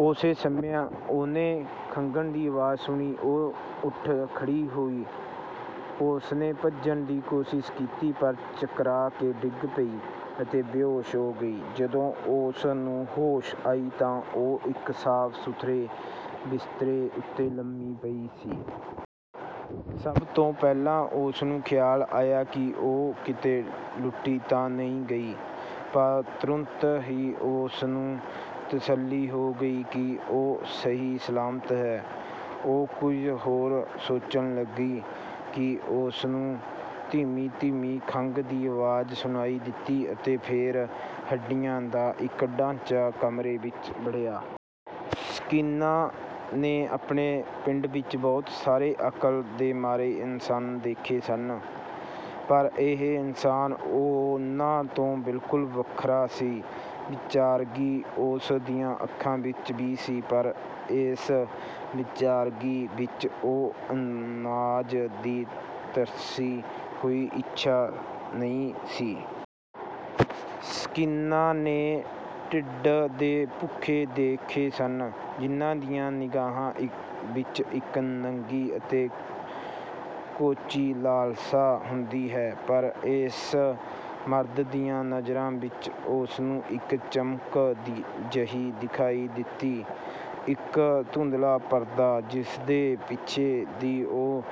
ਉਸੇ ਸਮੇਂ ਉਹਨੇ ਖੰਘਣ ਦੀ ਆਵਾਜ਼ ਸੁਣੀ। ਉਹ ਉੱਠ ਖੜ੍ਹੀ ਹੋਈ, ਉਸਨੇ ਭੱਜਣ ਦੀ ਕੋਸ਼ਿਸ਼ ਕੀਤੀ, ਪਰ ਚਕਰਾ ਕੇ ਡਿੱਗ ਪਈ ਅਤੇ ਬੇਹੋਸ਼ ਹੋ ਗਈ। ਜਦੋਂ ਉਸ ਨੂੰ ਹੋਸ਼ ਆਈ ਤਾਂ ਉਹ ਇਕ ਸਾਫ਼-ਸੁਥਰੇ ਬਿਸਤਰੇ ਉਤੇ ਲੰਮੀ ਪਈ ਸੀ। ਸਭ ਤੋਂ ਪਹਿਲਾਂ ਉਸਨੂੰ ਖ਼ਿਆਲ ਆਇਆ ਕਿ ਉਹ ਕਿਤੇ ਲੁੱਟੀ ਤਾਂ ਨਹੀਂ ਗਈ, ਪਰ ਤੁਰੰਤ ਹੀ ਉਸਨੂੰ ਤਸੱਲੀ ਹੋ ਗਈ ਕਿ ਉਹ ਸਹੀ ਸਲਾਮਤ ਹੈ। ਉਹ ਕੁਝ ਹੋਰ ਸੋਚਣ ਲੱਗੀ ਕਿ ਉਸਨੂੰ ਧੀਮੀ-ਧੀਮੀ ਖੰਘ ਦੀ ਆਵਾਜ਼ ਸੁਣਾਈ ਦਿੱਤੀ ਅਤੇ ਫੇਰ ਹੱਡੀਆਂ ਦਾ ਇਕ ਢਾਂਚਾ ਕਮਰੇ ਵਿਚ ਵੜਿਆ। ਸਕੀਨਾ ਨੇ ਆਪਣੇ ਪਿੰਡ ਵਿਚ ਬਹੁਤ ਸਾਰੇ ਅਕਲ ਦੇ ਮਾਰੇ ਇਨਸਾਨ ਦੇਖੇ ਸਨ, ਪਰ ਇਹ ਇਨਸਾਨ ਉਨ੍ਹਾਂ ਤੋਂ ਬਿਲਕੁਲ ਵੱਖਰਾ ਸੀ; ਬੇਚਾਰਗੀ ਉਸ ਦੀਆਂ ਅੱਖਾਂ ਵਿਚ ਵੀ ਸੀ, ਪਰ ਇਸ ਬੇਚਾਰਗੀ ਵਿਚ ਉਹ ਅਨਾਜ ਦੀ ਤਰਸੀ ਹੋਈ ਇੱਛਾ ਨਹੀਂ ਸੀ। ਸਕੀਨਾ ਨੇ ਢਿੱਡ ਦੇ ਭੁੱਖੇ ਦੇਖੇ ਸਨ, ਜਿਨ੍ਹਾਂ ਦੀਆਂ ਨਿਗਾਹਾਂ ਵਿਚ ਇਕ ਨੰਗੀ ਅਤੇ ਕੋਝੀ ਲਾਲਸਾ ਹੁੰਦੀ ਹੈ, ਪਰ ਇਸ ਮਰਦ ਦੀਆਂ ਨਜ਼ਰਾਂ ਵਿਚ ਉਸਨੂੰ ਇਕ ਚਮਕ ਜਹੀ ਦਿਖਾਈ ਦਿੱਤੀ, ਇਕ ਧੁੰਦਲਾ ਪਰਦਾ, ਜਿਸਦੇ ਪਿਛੇਂ ਦੀ ਉਹ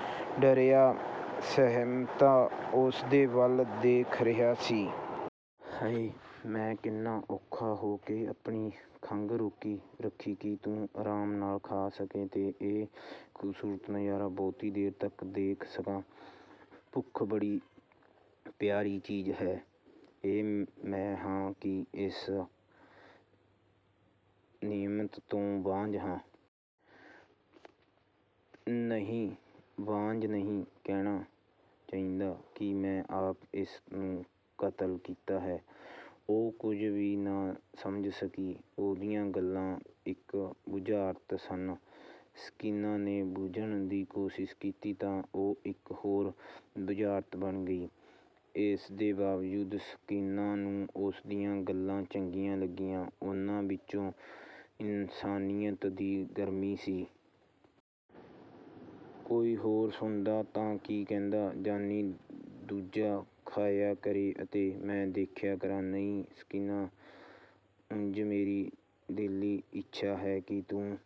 ਡਰਿਆ-ਸਹਿਮਿਤਾ ਉਸਦੇ ਵੱਲ ਦੇਖ ਰਿਹਾ ਸੀ। ਹਾਇ! ਮੈਂ ਕਿੰਨਾ ਔਖਾ ਹੋ ਕੇ ਆਪਣੀ ਖੰਘ ਰੋਕੀ ਰੱਖੀ ਕਿ ਤੂੰ ਆਰਾਮ ਨਾਲ ਖਾ ਸਕੇਂ ਤੇ ਇਹ ਖ਼ੂਬਸੂਰਤ ਨਜ਼ਾਰਾ ਬਹੁਤੀ ਦੇਰ ਤਕ ਦੇਖ ਸਕਾਂ। ਭੁੱਖ ਬੜੀ ਪਿਆਰੀ ਚੀਜ਼ ਹੈ। "ਇਹ ਮੈਂ ਹਾਂ ਕਿ ਇਸ ਨਿਹਮਤ ਤੋਂ ਵਾਂਝ ਹਾਂ। ਨਹੀਂ, ਵਾਂਝਾ ਨਹੀਂ, ਕਹਿਣਾ ਚਾਹੀਦਾ ਹੈ ਕਿ ਮੈਂ ਆਪ ਇਸ ਨੂੰ ਕਤਲ ਕੀਤਾ ਹੈ।" ਉਹ ਕੁਝ ਵੀ ਨਾ ਸਮਝ ਸਕੀ। ਉਸਦੀਆਂ ਗੱਲਾਂ ਇਕ ਬੁਝਾਰਤ ਸਨ। ਸਕੀਨਾ ਨੇ ਬੁੱਝਣ ਦੀ ਕੋਸ਼ਿਸ਼ ਕੀਤੀ ਤਾਂ ਉਹ ਇਕ ਹੋਰ ਬੁਝਾਰਤ ਬਣ ਗਈ; ਇਸਦੇ ਬਾਵਜੂਦ ਸਕੀਨਾ ਨੂੰ ਉਸਦੀਆਂ ਗੱਲਾਂ ਚੰਗੀਆਂ ਲੱਗੀਆਂ, ਉਹਨਾਂ ਵਿਚ ਇਨਸਾਨੀਅਤ ਦੀ ਗਰਮੀ ਸੀ। ਕੋਈ ਹੋਰ ਸੁਣਦਾ ਤਾਂ ਕੀ ਕਹਿੰਦਾ? ਜਾਣੀ ਦੂਜਾ ਖਾਇਆ ਕਰੇ ਅਤੇ ਮੈਂ ਦੇਖਿਆ ਕਰਾਂ? ਨਹੀਂ ਸਕੀਨਾ ਉਂਝ ਮੇਰੀ ਦਿਲੀ ਇੱਛਾ ਹੈ ਕਿ ਤੂੰ